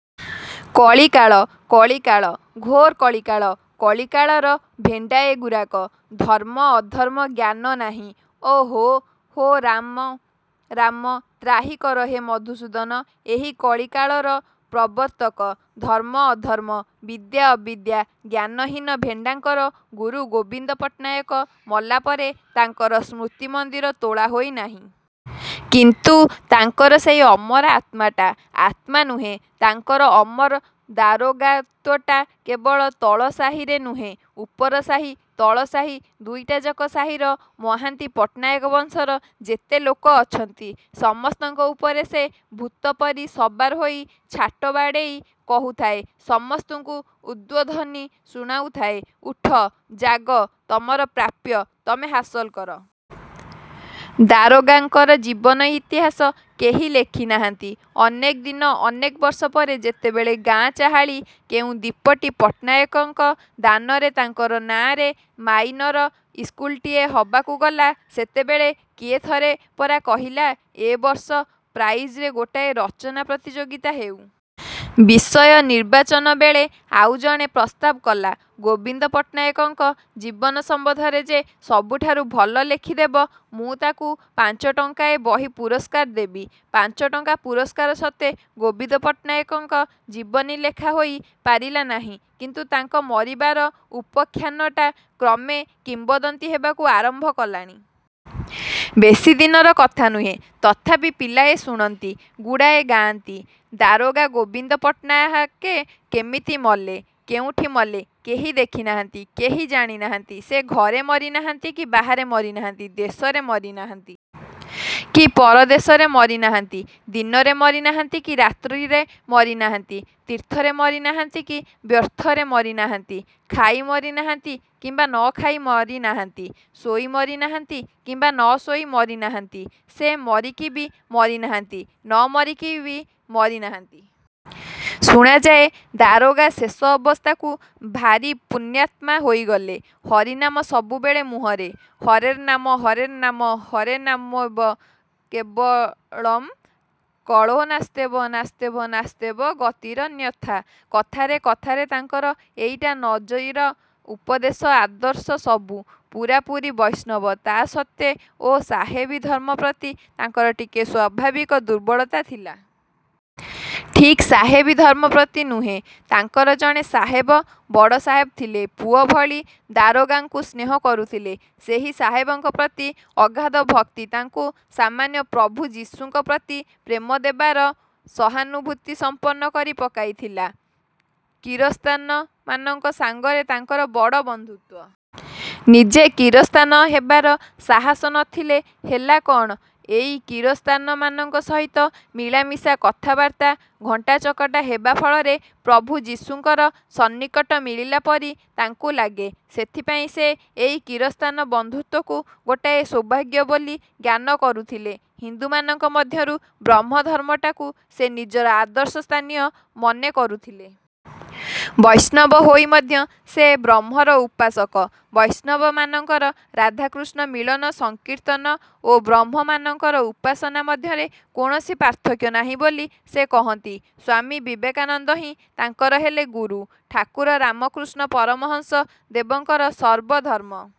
କଳିକାଳ କଳିକାଳ ଘୋର କଳିକାଳ କଳିକାଳର ଭେଣ୍ଡା ଏ ଗୁରାକ। ଧର୍ମ ଅଧର୍ମ ଜ୍ଞାନ ନାହିଁ ଓ ହୋ ହୋ ରାମ, ରାମ, ତ୍ରାହି କର ହେ ମଧୁସୂଦନ ।'' ଏହି କଳିକାଳର ପ୍ରବର୍ତ୍ତକ, ଧର୍ମ ଅଧର୍ମ, ବିଦ୍ୟା ଅବିଦ୍ୟା, ଜ୍ଞାନହୀନ ଭେଣ୍ଡାଙ୍କର ଗୁରୁ ଗୋବିନ୍ଦ ପଟ୍ଟନାୟକ ମଲା ପରେ ତାଙ୍କର ସ୍ମୃତି ମନ୍ଦିର ତୋଳା ହୋଇ ନାହିଁ। କିନ୍ତୁ ତାଙ୍କର ସେଇ ଅମର ଆତ୍ମାଟା, ଆତ୍ମା ନୁହେଁ ତାଙ୍କର ଅମର ଦାରୋଗାତ୍ୱଟା କେବଳ ତଳ ସାହିରେ ନୁହେଁ, ଉପର ସାହି ତଳସାହି ଦୁଇଟାଯାକ ସାହିର ମହାନ୍ତି ପଟ୍ଟନାୟକ ବଂଶର ଯେତେ ଲୋକ ଅଛନ୍ତି ସମସ୍ତଙ୍କ ଉପରେ ସେ ଭୂତପରି ସବାର ହୋଇ ଛାଟ ବାଡ଼େଇ କହୁଥାଏ ସମସ୍ତଙ୍କୁ ଉଦ୍ବୋଧନୀ ଶୁଣାଉଥାଏ ଉଠ, ଜାଗ, ତମର ପ୍ରାପ୍ୟ ତମେ ହାସଲ କର! ଦାରୋଗାଙ୍କର ଜୀବନ ଇତିହାସ କେହି ଲେଖି ନାହାନ୍ତି। ଅନେକ ଦିନ ଅନେକ ବର୍ଷ ପରେ ଯେତେବେଳେ ଗାଁ ଚାହାଳି କେଉଁ ଦିପଟି ପଟ୍ଟନାୟକଙ୍କ ଦାନରେ ତାଙ୍କର ନାଆଁରେ ମାଇନର ଇସ୍କୁଲଟିଏ ହବାକୁ ଗଲା ସେତେବେଳେ କିଏ ଥରେ ପରା କହିଲା, ଏ ବର୍ଷ ପ୍ରାଇଜରେ ଗୋଟାଏ ରଚନା ପ୍ରତିଯୋଗୀତା ହେଉ। ବିଷୟ ନିର୍ବାଚନବେଳେ ଆଉ ଜଣେ ପ୍ରସ୍ତାବ କଲା, ଗୋବିନ୍ଦ ପଟ୍ଟନାୟକଙ୍କ ଜୀବନ ସମ୍ବନ୍ଧରେ ଯେ ସବୁଠାରୁ ଭଲ ଲେଖିଦେବ, ମୁଁ ତାକୁ ପାଞ୍ଚଟଙ୍କାର ବହି ପୁରସ୍କାର ଦେବି। ପାଞ୍ଚଟଙ୍କା ପୁରସ୍କାର ସତ୍ତ୍ୱେ ଗୋବିନ୍ଦ ପଟ୍ଟନାୟକଙ୍କ ଜୀବନୀ ଲେଖା ହୋଇ ପାରିଲା ନାହିଁ। କିନ୍ତୁ ତାଙ୍କ ମରିବାର ଉପାଖ୍ୟାନଟା କ୍ରମେ କିମ୍ବଦନ୍ତୀ ହେବାକୁ ଆରମ୍ଭ କଲାଣି। ବେଶି ଦିନର କଥା ନୁହେଁ। ତଥାପି ପିଲାଏ ଶୁଣନ୍ତି ବୁଢ଼ାଏ ଗାଆନ୍ତି। ଦାରୋଗା ଗୋବିନ୍ଦ ପଟ୍ଟନାହାକେ କେମିତି ମଲେ। କେଉଁଠି ମଲେ କେହି ଦେଖି ନାହାନ୍ତି, କେହି ଜାଣି ନାହାନ୍ତି। ସେ ଘରେ ମରି ନାହାନ୍ତି କି ବାହାରେ ମରି ନାହାନ୍ତି, ଦେଶରେ ମରି ନାହାନ୍ତି କି ପର ଦେଶରେ ମରି ନାହାନ୍ତି, ଦିନରେ ମରି ନାହାନ୍ତି କି ରାତ୍ରିରେ ମରି ନାହାନ୍ତି, ତୀର୍ଥରେ ମରି ନାହାନ୍ତି କି ବ୍ୟର୍ଥରେ ମରିନାହାନ୍ତି, ଖାଇ ମରି ନାହାନ୍ତି, କିମ୍ବା ନ ଖାଇ ମରି ନାହାନ୍ତି, ଶୋଇ ମରି ନାହାନ୍ତି କିମ୍ବା ନ ଶୋଇ ମରି ନାହାନ୍ତି, ସେ ମରିକିବି ମରି ନାହାନ୍ତି ନ ମରିକିବି ମରି ନାହାନ୍ତି। ଶୁଣାଯାଏ ଦାରୋଗା ଶେଷ ଅବସ୍ଥାକୁ ଭାରି ପୁଣ୍ୟାତ୍ମା ହୋଇଗଲେ। ହରିନାମ ସବୁବେଳେ ମୁହଁରେ। ''ହରେର୍ନାମ ହରେର୍ନାମ ହରେନାମୈବ କେବଳମ୍, କଳୌ ନାସ୍ତୈବ ନାସ୍ତୈବ ନାସ୍ତୈବ ଗତିରନ୍ୟଥା,'' କଥାରେ କଥାରେ ତାଙ୍କର ଏଇଟା ନଜିର, ଉପଦେଶ, ଆଦର୍ଶ ସବୁ। ପୂରାପୂରି ବୈଷ୍ଣବ। ତା' ସତ୍ତ୍ୱେ ଓ ସାହେବୀ ଧର୍ମ ପ୍ରତି ତାଙ୍କର ଟିକିଏ ସ୍ୱାଭାବିକ ଦୁର୍ବଳତା ଥିଲା। ଠିକ୍ ସାହେବୀ ଧର୍ମ ପ୍ରତି ନୁହେଁ ତାଙ୍କର ଜଣେ ସାହେବ, ବଡ଼ ସାହେବ ଥିଲେ, ପୁଅ ଭଳି ଦାରୋଗାଙ୍କୁ ସ୍ନେହ କରୁଥିଲେ, ସେହି ସାହେବଙ୍କ ପ୍ରତି ଅଗାଧ ଭକ୍ତି ତାଙ୍କୁ ସାମାନ୍ୟ ପ୍ରଭୁ ଯିଶୁଙ୍କ ପ୍ରତି ପ୍ରେମ ଦେବାର ସହାନୁଭୂତିସମ୍ପନ୍ନ କରି ପକାଇଥିଲା। କିରସ୍ତାନମାନଙ୍କ ସାଙ୍ଗରେ ତାଙ୍କର ବଡ଼ ବନ୍ଧୁତ୍ୱ। ନିଜେ କିରସ୍ତାନ ହେବାର ସାହସ ନଥିଲେ ହେଲା କ'ଣ, ଏଇ କିରସ୍ତାନମାନଙ୍କ ସହିତ ମିଳାମିଶା କଥାବାର୍ତ୍ତା ଘଣ୍ଟାଚକଟା ହେବା ଫଳରେ ପ୍ରଭୁ ଯିଶୁଙ୍କର ସନ୍ନିକଟ ମିଳିଲା ପରି ତାଙ୍କୁ ଲାଗେ। ସେଥିପାଇଁ ସେ ଏଇ କିରସ୍ତାନ ବନ୍ଧୁତ୍ୱକୁ ଗୋଟାଏ ସୌଭାଗ୍ୟ ବୋଲି ଜ୍ଞାନ କରୁଥିଲେ। ହିନ୍ଦୁମାନଙ୍କ ମଧ୍ୟରୁ ବ୍ରହ୍ମ ଧର୍ମଟାକୁ ସେ ନିଜର ଆଦର୍ଶସ୍ଥାନୀୟ ମନେ କରୁଥିଲେ। ବୈଷ୍ଣବ ହୋଇ ମଧ୍ୟ ସେ ବ୍ରହ୍ମର ଉପାସକ। ବୈଷ୍ଣବମାନଙ୍କର ରାଧାକୃଷ୍ଣ ମିଳନ ସଂକୀର୍ତ୍ତନ ଓ ବ୍ରାହ୍ମମାନଙ୍କର ଉପାସନା ମଧ୍ୟରେ କୌଣସି ପାର୍ଥକ୍ୟ ନାହିଁ ବୋଲି ସେ କହନ୍ତି। ସ୍ୱାମୀ ବିବେକାନନ୍ଦହିଁ ତାଙ୍କର ହେଲେ ଗୁରୁ। ଠାକୁର ରାମକୃଷ୍ଣ ପରମହଂସ ଦେବଙ୍କର ସର୍ବ ଧର୍ମ